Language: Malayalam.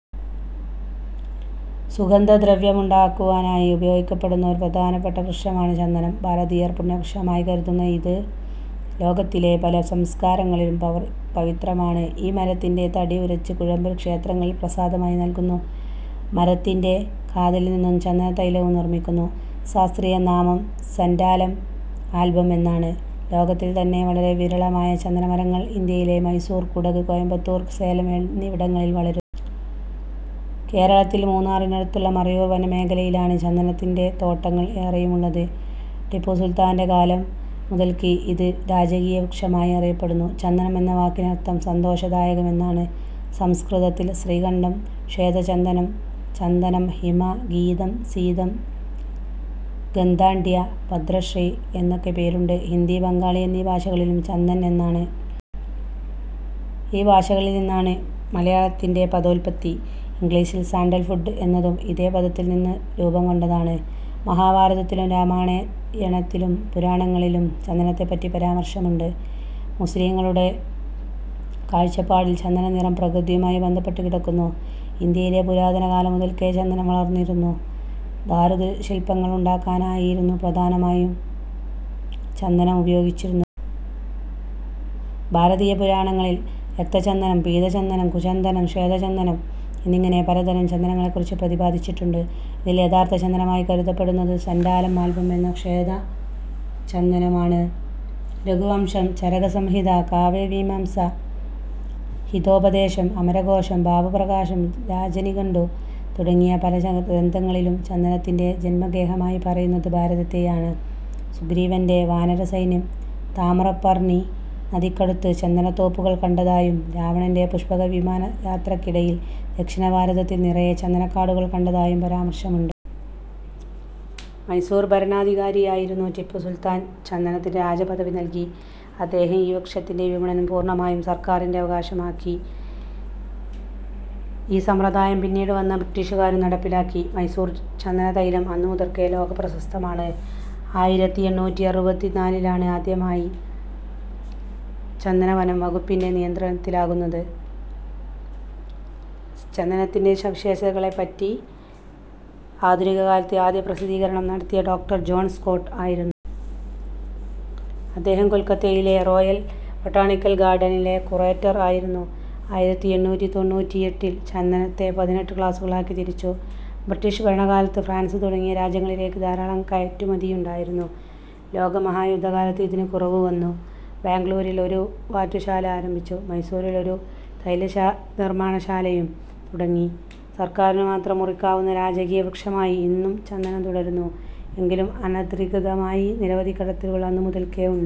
സുഗന്ധദ്രവ്യമുണ്ടാക്കുവാനായി ഉപയോഗിക്കപ്പെടുന്ന ഒരു പ്രധാനപ്പെട്ട വൃക്ഷമാണ് ചന്ദനം. ഭാരതീയർ പുണ്യവൃക്ഷമായി കരുതുന്ന ഇത്, ലോകത്തിലെ പല സംസ്കാരങ്ങളിലും പവിത്രമാണ്. ഈ മരത്തിന്റെ തടി ഉരച്ച് കുഴമ്പ് ക്ഷേത്രങ്ങളിൽ പ്രസാദമായി നൽകുന്നു. മരത്തിന്റെ കാതലിൽ നിന്നും ചന്ദനത്തൈലവും നിർമ്മിക്കുന്നു. ശാസ്ത്രീയനാമം സന്റാലം ആൽബം എന്നാണ്. ലോകത്തിൽ തന്നെ വളരെ വിരളമായ ചന്ദനമരങ്ങൾ ഇന്ത്യയിൽ മൈസൂർ, കുടക്, കോയമ്പത്തൂർ, സേലം എന്നിവിടങ്ങളിൽ വളരുന്നു. കേരളത്തിൽ മൂന്നാറിനടുത്തുള്ള മറയൂർ വനമേഖലയിലാണ് ചന്ദനത്തിന്റെ തോട്ടങ്ങൾ ഏറെയും ഉള്ളത്. ടിപ്പുസുൽത്താന്റെ കാലം മുതൽക്ക് ഇത് രാജകീയവൃക്ഷമായി അറിയപ്പെടുന്നു. ചന്ദനം എന്ന വാക്കിനർത്ഥം സന്തോഷദായകം എന്നാണ്. സംസ്കൃതത്തിൽ ശ്രീഖണ്ഡം, ശ്വേതചന്ദനം, ചന്ദനം, ഹിമഃ, ശീതം, സീതം, ഗന്ധാഢ്യഃ, ഭദ്രശ്രീ എന്നൊക്കെ പേരുണ്ട്. ഹിന്ദി, ബംഗാളി എന്നീ ഭാഷകളിലും ചന്ദൻ എന്നാണ്. ഈ ഭാഷകളിൽ നിന്നാണ് മലയാളത്തിലെ പദോല്പത്തി. ഇംഗ്ലീഷിൽ സാൻഡൽ വുഡ് എന്നതും ഇതേ പദത്തിൽ നിന്ന് രൂപം കൊണ്ടതാണ്. മഹാഭാരതത്തിലും രാമായണത്തിലും പുരാണങ്ങളിലും ചന്ദനത്തെപ്പറ്റി പരാമർശമുണ്ട്. മുസ്ലീങ്ങളുടെ കാഴ്ചപ്പാടിൽ ചന്ദന നിറം പ്രകൃതിയുമായി ബന്ധപ്പെട്ട് കിടക്കുന്നു. ഇന്ത്യയിൽ പുരാതനകാലം മുതൽക്കേ ചന്ദനം വളർന്നിരുന്നു. ദാരുശില്പങ്ങളുണ്ടാക്കാനായിരുന്നു പ്രധാനമായും ചന്ദനം ഉപയോഗിച്ചിരുന്നത്. ചന്ദനം ഉപയോഗിച്ചിരുന്നു ഭരതീയപുരാണങ്ങളിൽ രക്തചന്ദനം, പീതചന്ദനം, കുചന്ദനം ,ശ്വേതചന്ദനം എന്നിങ്ങനെ പലതരം ചന്ദനങ്ങളെക്കുറിച്ച് പ്രതിപാദിച്ചിട്ടുണ്ട്. ഇതിൽ യഥാർത്ഥ ചന്ദനമായി കരുതപ്പെടുന്നത് സന്റാലം ആൽബം എന്ന ശ്വേത ചന്ദനമാണ്. രഘുവംശം, ചരകസംഹിത, കാവ്യമീമാംസ, ഹിതോപദേശം, അമരകോശം, ഭാവപ്രകാശം, രാജനിഘണ്ടു തുടങ്ങിയ പല ഗ്രന്ഥങ്ങളിലും ചന്ദനത്തിന്റെ ജന്മഗേഹമായി പറയുന്നത് ഭാരതത്തെയാണ്. സുഗ്രീവന്റെ വാനരസൈന്യം താമ്രപർണ്ണി നദിക്കടുത്ത് ചന്ദനത്തോപ്പുകൾ കണ്ടതായും രാവണന്റെ പുഷ്പകവിമാനയാത്രക്കിടയിൽ ദക്ഷിണഭാരതത്തിൽ നിറയെ ചന്ദനക്കാടുകൾ കണ്ടതായും പരാമർശമുണ്ട്. മൈസൂർ ഭരണാധികാരിയായിരുന്നു ടിപ്പുസുൽത്താൻ ചന്ദനത്തിന് രാജ പദവി നൽകി. അദ്ദേഹം ഈ വൃക്ഷത്തിന്റെ വിപണനം പൂർണ്ണമായും സർക്കാരിന്റെ അവകാശമാക്കി. ഈ സമ്പ്രദായം പിന്നീടുവന്ന ബ്രിട്ടീഷുകാരും നടപ്പിലാക്കി. മൈസൂർ ചന്ദനത്തൈലം അന്നുമുതൽക്കേ ലോകപ്രശസ്തമാണ്. ആയിരത്തിഎണ്ണൂറ്റിഅറുപത്തിനാലിലാണ് ആദ്യമായി ചന്ദനം വനം വകുപ്പിന്റെ നിയന്ത്രണത്തിലാകുന്നത്. ചന്ദനത്തിന്റെ സവിശേഷതകളെപ്പറ്റി ആധുനിക കാലത്ത് ആദ്യപ്രസിദ്ധീകരണം നടത്തിയത് ഡോക്ടർ ജോൺ സ്കോട്ട് ആയിരുന്നു. അദ്ദേഹം കൊൽക്കത്തയിലെ റോയൽ ബൊട്ടാണിക്കൽ ഗാർഡനിലെ കുറേറ്റർ ആയിരുന്നു. ആയിരത്തിഎണ്ണൂറ്റിതൊണ്ണൂറ്റിഎട്ടിൽ ചന്ദനത്തെ പതിനെട്ട് ക്ലാസുകളാക്കി തിരിച്ചു. ബ്രിട്ടീഷ് ഭരണകാലത്ത് ഫ്രാൻസ് തുടങ്ങിയ രാജ്യങ്ങളിലേക്ക് ധാരാളം കയറ്റുമതിയുണ്ടായിരുന്നു. ലോകമഹായുദ്ധകാലത്ത് ഇതിന് കുറവ് വന്നു. ബാംഗ്ലൂരിൽ ഒരു വാറ്റുശാല ആരംഭിച്ചു. മൈസൂറിൽ ഒരു തൈലനിർമ്മാണശാലയും തുടങ്ങി. സർക്കാരിനുമാത്രം മുറിക്കാവുന്ന രാജകീയവൃക്ഷമായി ഇന്നും ചന്ദനം തുടരുന്നു എങ്കിലും അനധികൃതമായി നിരവധി കടത്തലുകൾ അന്നുമുതൽക്കേ ഉണ്ട്.